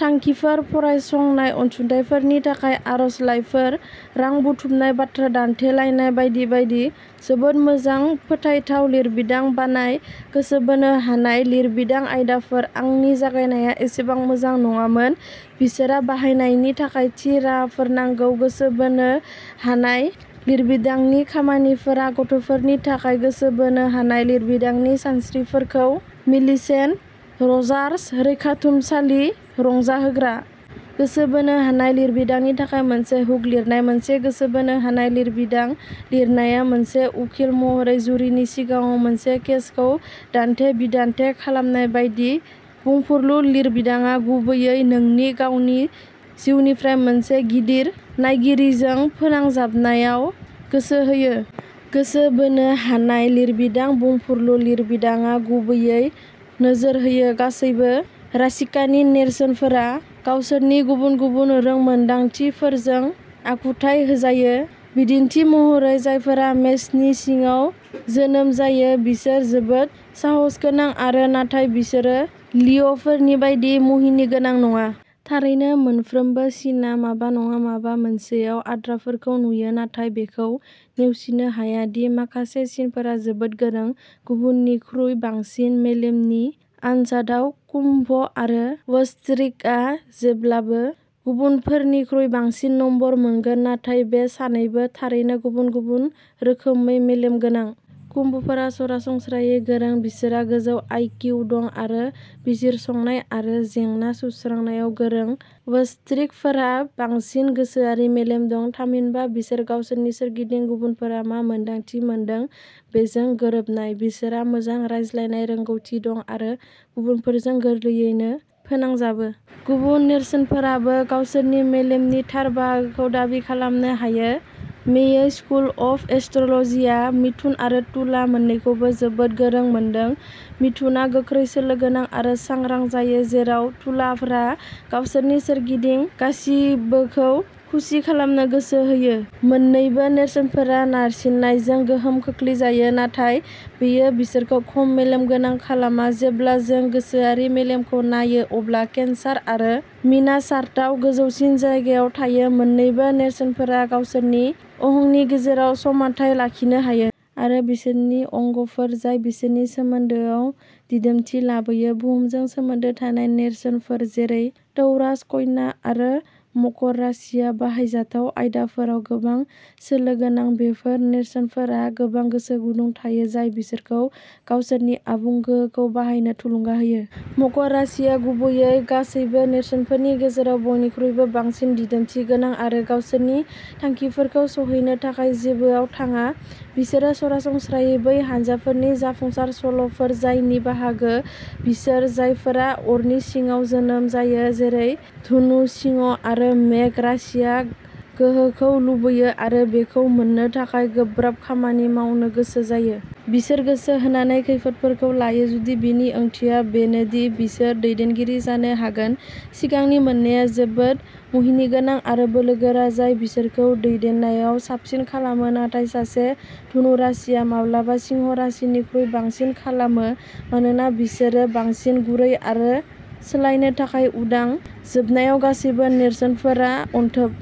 थांखिफोर फरायसंनाय अनसुंथाइफोरनि थाखाय आर'जलाइफोर, रां बुथुमनाय, बाथ्रा दान्थेलायनाय बायदि बायदि। जोबोद मोजां फोथायथाव लिरबिदां बानाय। गोसो बोनो हानाय लिरबिदां आयदाफोर। आंनि जागायनाया एसेबां मोजां नङामोन। बिसोरहा बाहायनायनि थाखाय थि राहाफोर नांगौ। गोसो बोनो हानाय लिरबिदांनि खामानिफोरा गथ'फोरनि थाखाय गोसो बोनो हानाय लिरबिदांनि सानस्रिफोरखौ मिलिसेन्ट रजार्स रैखाथुमसालि रंजाहोग्रा। गोसो बोनो हानाय लिरबिदांनि थाखाय मोनसे हुक लिरनाय। मोनसे गोसो बोनो हानाय लिरबिदां लिरनाया मोनसे उखिल महरै जुरिनि सिगाङाव मोनसे केसखौ दान्थे-बिदान्थे खालामनाय बायदि। बुंफुरलु लिरबिदांआ गुबैयै नोंनि गावनि जिउनिफ्राय मोनसे गिदिर नायगिरिजों फोनांजाबनायाव गोसो होयो। गोसो बोनो हानाय लिरबिदां बुंफुरलु लिरबिदांआ गुबैयै नोजोर होयो। गासैबो राशिकानि नेरसोनफोरा गावसोरनि गुबुन-गुबुन रोंमोनदांथिफोरजों आखुथाइ होजायो। बिदिन्थि महरै जायफोरा मेषनि सिङाव जोनोम जायो बिसोर जोबोद साहसगोनां आरो नाथाय बिसोरो लिअ'फोरनि बायदि मुहिनिगोनां नङा। थारैनो मोनफ्रोमबो सिनआ माबा नङा माबा मोनसेयाव आद्राफोरखौ नुयो। नाथाय बेखौ नेवसिनो हाया दि माखासे सिनफोरा जोबोद गोरों। गुबुनफोरनिख्रुइ बांसिन। मेलेमनि आन्जादआव कुम्भ आरो बोश्रिकआ जेब्लाबो गुबुनफोरनिख्रुइ बांसिन नम्बर मोनगोन। नाथाय बे सानैबो थारैनो गुबुन गुबुन रोखोमै मेलेम गोनां। कुम्भ'फोरा सरासनस्रायै गोरों। बिसोरहा गोजौ आइ. किउ. दं आरो बिजिरसंनाय आरो जेंना सुस्रांनायाव गोरों। बोश्रिकफोरहा बांसिन गोसोआरि मेलेम दं थामहिनबा बिसोर गावसोरनि सोरगिदिं गुबुनफोरा मा मोन्दांथि मोनदों बेजों गोरोबनाय। बिसोरहा मोजां रायज्लायनाय रोंग'थि दं आरो गुबुनफोरजों गोरलैयैनो फोनांजाबो। गुबुन नेरसोनफोराबो गावसोरनि मेलेमनि थार बाहागोखौ दाबि खालामनो हायो। मेयो स्कुल अफ एस्ट्र'ल'जिआ मिथुन आरो तुला मोननैखौबो जोबोद गोरों मोनदों। मिथुनआ गोख्रै सोलो गोनां आरो सांग्रां जायो जेराव तुलाफोरा गावसोरनि सोरगिदिं गासिबोखौ खुसि खालामनो गोसो होयो। मोननैबो नेरसोनफोरा नारसिननायजों गोहोम खोख्लैजायो नाथाय बेयो बिसोरखौ खम मेलेम गोनां खालामा। जेब्ला जों गोसोआरि मेलेमखौ नायो अब्ला केन्सार आरो मीनआ सार्टआव गोजौसिन जायगायाव थायो। मोननैबो नेरसोनफोरा गावसोरनि अहंनि गेजेराव समानथाय लाखिनो हायो। आरो बिसोरनि आबेगफोर जाय बिसोरनि सोमोन्दोआव दिदोमथि लाबोयो। बुहुमजों सोमोन्दो थानाय नेरसोनफोर जेरै टौरास, कन्या आरो मकर राशिया बाहायजाथाव आयदाफोराव गोबां सोलो गोनां। बेफोर नेरसोनफोरहा गोबां गोसो गुदुं थायो जाय बिसोरखौ गावसोरनि आबुं गोहोखौ बाहायनो थुलुंगा होयो। मकर राशिया गुबैयै गासैबो नेरसोनफोरनि गेजेराव बयनिख्रुइबो बांसिन दिदोमथि गोनां आरो गावसोरनि थांखिफोरखौ सौहैनो थाखाय जेबोआव थाङा। बिसोरो सरासनस्रायै बै हानजाफोरनि जाफुंसार सल'फोर जायनि बाहागो बिसोर, जायफोरा अरनि सिङाव जोनोम जायो जेरै धनु, सिंह आरो मेष राशिया गोहोखौ लुबैयो आरो बेखौ मोननो थाखाय गोब्राब खामानि मावनो गोसो जायो। बिसोर गोसो होनानै खैफोदफोरखौ लायो जुदि बेनि ओंथिया बेनो दि बिसोर दैदेनगिरि जानो हागोन। सिगांनि मोननैआ जोबोद मुहिनिगोनां आरो बोलोगोरा, जाय बिसोरखौ दैदेननायाव साबसिन खालामो। नाथाय सासे धनु राशिया माब्लाबा सिंह राशिनिख्रुइ बांसिन खालामो मानोना बिसोरो बांसिन गुरै आरो सोलायनो थाखाय उदां। जोबनायाव, गासैबो नेरसोनफोरा अनथोब।